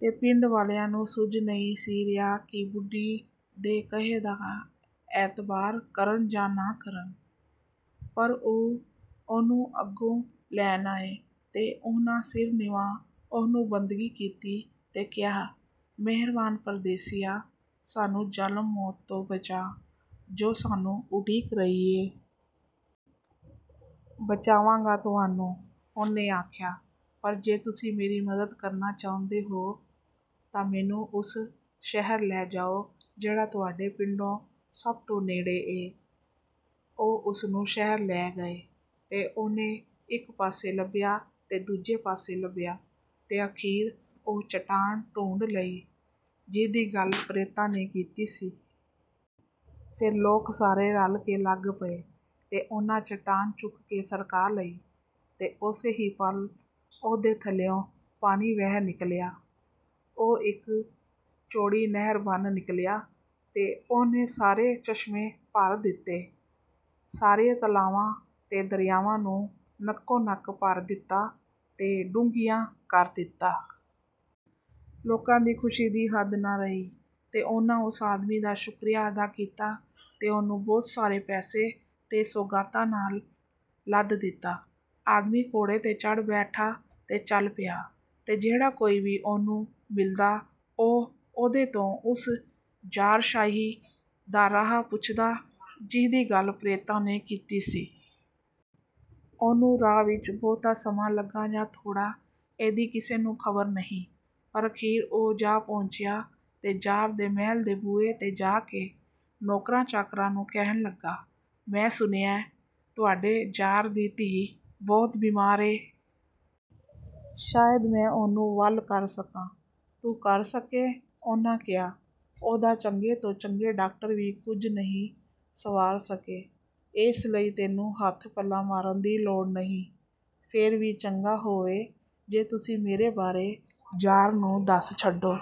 ਤੇ ਪਿੰਡ ਵਾਲਿਆਂ ਨੂੰ ਸੁੱਝ ਨਹੀਂ ਸੀ ਰਿਹਾ ਕਿ ਬੁੱਢੀ ਦੇ ਕਹੇ ਦਾ ਅਤਬਾਰ ਕਰਨ ਜਾਂ ਨਾ ਕਰਨ, ਪਰ ਉਹ ਉਹਨੂੰ ਅਗੋਂ ਲੈਣ ਆਏ, ਤੇ ਉਹਨਾਂ ਸਿਰ ਨਿਵਾ ਉਹਨੂੰ ਬੰਦਗੀ ਕੀਤੀ ਤੇ ਕਿਹਾ, “ਮਿਹਰਵਾਨ ਪ੍ਰਦੇਸੀਆ, ਸਾਨੂੰ ਜ਼ਾਲਮ ਮੌਤ ਤੋਂ ਬਚਾ, ਜੁ ਸਾਨੂੰ ਉਡੀਕ ਰਹੀ ਏ।” “ਬਚਾਵਾਂਗਾ ਤੁਹਾਨੂੰ,” ਉਹਨੇ ਆਖਿਆ। “ਪਰ ਜੇ ਤੁਸੀਂ ਮੇਰੀ ਮਦਦ ਕਰਨਾ ਚਾਹੁੰਦੇ ਹੋ, ਤਾਂ ਮੈਨੂੰ ਓਸ ਸ਼ਹਿਰ ਲੈ ਜਾਓ, ਜਿਹੜਾ ਤੁਹਾਡੇ ਪਿੰਡੋਂ ਸਭ ਤੋਂ ਨੇੜੇ ਏ।” ਉਹ ਉਹਨੂੰ ਸ਼ਹਿਰ ਲੈ ਗਏ, ਤੇ ਉਹਨੇ ਇੱਕ ਪਾਸੇ ਲੱਭਿਆ ਤੇ ਦੂਜੇ ਪਾਸੇ ਲੱਭਿਆ, ਤੇ ਅਖ਼ੀਰ ਉਹ ਚਟਾਨ ਢੂੰਡ ਲਈ, ਜਿਹਦੀ ਗੱਲ ਪ੍ਰੇਤਾਂ ਨੇ ਕੀਤੀ ਸੀ। ਫੇਰ ਲੋਕ ਸਾਰੇ ਰਲ ਕੇ ਲੱਗ ਪਏ, ਤੇ ਉਹਨਾਂ ਚਟਾਨ ਚੁੱਕ ਕੇ ਸਰਕਾ ਲਈ। ਤੇ ਓਸੇ ਹੀ ਪਲ ਉਹਦੇ ਥੱਲਿਉਂ ਪਾਣੀ ਵਹਿ ਨਿਕਲਿਆ। ਉਹ ਇੱਕ ਚੌੜੀ ਨਹਿਰ ਬਣ ਨਿਕਲਿਆ ਤੇ ਉਹਨੇ ਸਾਰੇ ਚਸ਼ਮੇ ਭਰ ਦਿੱਤੇ, ਸਾਰਿਆਂ ਤਲਾਵਾਂ ਤੇ ਦਰਿਆਵਾਂ ਨੂੰ ਨਕੋ-ਨਕ ਭਰ ਦਿੱਤਾ ਤੇ ਡੂੰਘਿਆਂ ਕਰ ਦਿੱਤਾ। ਲੋਕਾਂ ਦੀ ਖੁਸ਼ੀ ਦੀ ਹੱਦ ਨਾ ਰਹੀ, ਤੇ ਉਹਨਾਂ ਓਸ ਆਦਮੀ ਦਾ ਸ਼ੁਕਰੀਆ ਅਦਾ ਕੀਤਾ ਤੇ ਉਹਨੂੰ ਬਹੁਤ ਸਾਰੇ ਪੈਸੇ ਤੇ ਸੁਗਾਤਾਂ ਨਾਲ ਲੱਦ ਦਿੱਤਾ। ਆਦਮੀ ਘੋੜੇ ’ਤੇ ਚੜ੍ਹ ਬੈਠਾ ਤੇ ਚਲ ਪਿਆ, ਤੇ ਜਿਹੜਾ ਕੋਈ ਵੀ ਉਹਨੂੰ ਮਿਲਦਾ, ਉਹ ਉਹਦੇ ਤੋਂ ਉਸ ਜ਼ਾਰਸ਼ਾਹੀ ਦਾ ਰਾਹ ਪੁੱਛਦਾ, ਜਿਹਦੀ ਗੱਲ ਪ੍ਰੇਤਾਂ ਨੇ ਕੀਤੀ ਸੀ। ਉਹਨੂੰ ਰਾਹ ਵਿੱਚ ਬਹੁਤਾ ਸਮਾਂ ਲੱਗਾ ਜਾਂ ਥੋੜ੍ਹਾ, ਇਹਦੀ ਕਿਸੇ ਨੂੰ ਖ਼ਬਰ ਨਹੀਂ; ਪਰ ਅਖ਼ੀਰ ਉਹ ਜਾ ਪਹੁੰਚਿਆ, ਤੇ ਜ਼ਾਰ ਦੇ ਮਹਿਲ ਦੇ ਬੂਹੇ ’ਤੇ ਜਾ ਕੇ ਨੌਕਰਾਂ-ਚਾਕਰਾਂ ਨੂੰ ਕਹਿਣ ਲੱਗਾ, "“ਮੈਂ ਸੁਣਿਐਂ, ਤੁਹਾਡੇ ਜ਼ਾਰ ਦੀ ਧੀ ਬਹੁਤ ਬੀਮਾਰ ਏ। ਸ਼ਾਇਦ ਮੈਂ ਉਹਨੂੰ ਵੱਲ ਕਰ ਸਕਾਂ।” “ਤੂੰ ਕਰ ਸਕੇਂ!” ਉਹਨਾਂ ਕਿਹਾ। “ਉਹਦਾ ਚੰਗੇ ਤੋਂ ਚੰਗੇ ਡਾਕਟਰ ਵੀ ਕੁਝ ਨਹੀਂ ਸੰਵਾਰ ਸਕੇ, ਏਸ ਲਈ ਤੈਨੂੰ ਹੱਥ-ਪੱਲਾ ਮਾਰਨ ਦੀ ਲੋੜ ਨਹੀਂ।” “ਫੇਰ ਵੀ, ਚੰਗਾ ਹੋਵੇ, ਜੇ ਤੁਸੀਂ ਮੇਰੇ ਬਾਰੇ ਜ਼ਾਰ ਨੂੰ ਦੱਸ ਛੱਡੋ।"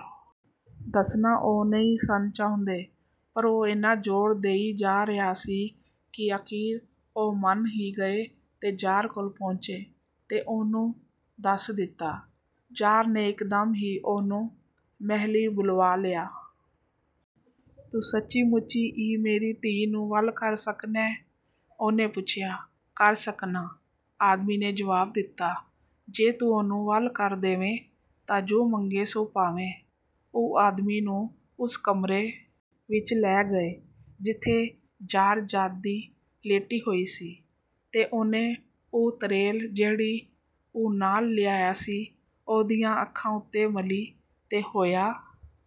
ਦੱਸਣਾ ਉਹ ਨਹੀਂ ਸਨ ਚਾਹੁੰਦੇ, ਪਰ ਉਹ ਏਨਾ ਜ਼ੋਰ ਦਈ ਜਾ ਰਿਹਾ ਸੀ ਕਿ ਅਖ਼ੀਰ ਉਹ ਮੰਨ ਹੀ ਗਏ ਤੇ ਜ਼ਾਰ ਕੋਲ ਪਹੁੰਚੇ ਤੇ ਉਹਨੂੰ ਦੱਸ ਦਿੱਤਾ। ਜ਼ਾਰ ਨੇ ਇਕਦਮ ਹੀ ਉਹਨੂੰ ਮਹਿਲੀਂ ਬੁਲਵਾ ਲਿਆ। “ਤੂੰ ਸੱਚੀ-ਮੁੱਚੀ ਈ ਮੇਰੀ ਧੀ ਨੂੰ ਵੱਲ ਕਰ ਸਕਣੈ?” ਉਹਨੇ ਪੁੱਛਿਆ। “ਕਰ ਸਕਨਾਂ,” ਆਦਮੀ ਨੇ ਜਵਾਬ ਦਿੱਤਾ। “ਜੇ ਤੂੰ ਉਹਨੂੰ ਵੱਲ ਕਰ ਦੇਵੇਂ, ਤਾਂ ਜੁ ਮੰਗੇਂ ਸੁ ਪਾਵੇਂ।” ਉਹ ਆਦਮੀ ਨੂੰ ਓਸ ਕਮਰੇ ਵਿੱਚ ਲੈ ਗਏ, ਜਿਥੇ ਜ਼ਾਰਜ਼ਾਦੀ ਲੇਟੀ ਹੋਈ ਸੀ, ਤੇ ਉਹਨੇ ਉਹ ਤਰੇਲ, ਜਿਹੜੀ ਉਹ ਨਾਲ ਲਿਆਇਆ ਸੀ, ਉਹਦੀਆਂ ਅੱਖਾਂ ਉਤੇ ਮਲੀ, ਤੇ ਹੋਇਆ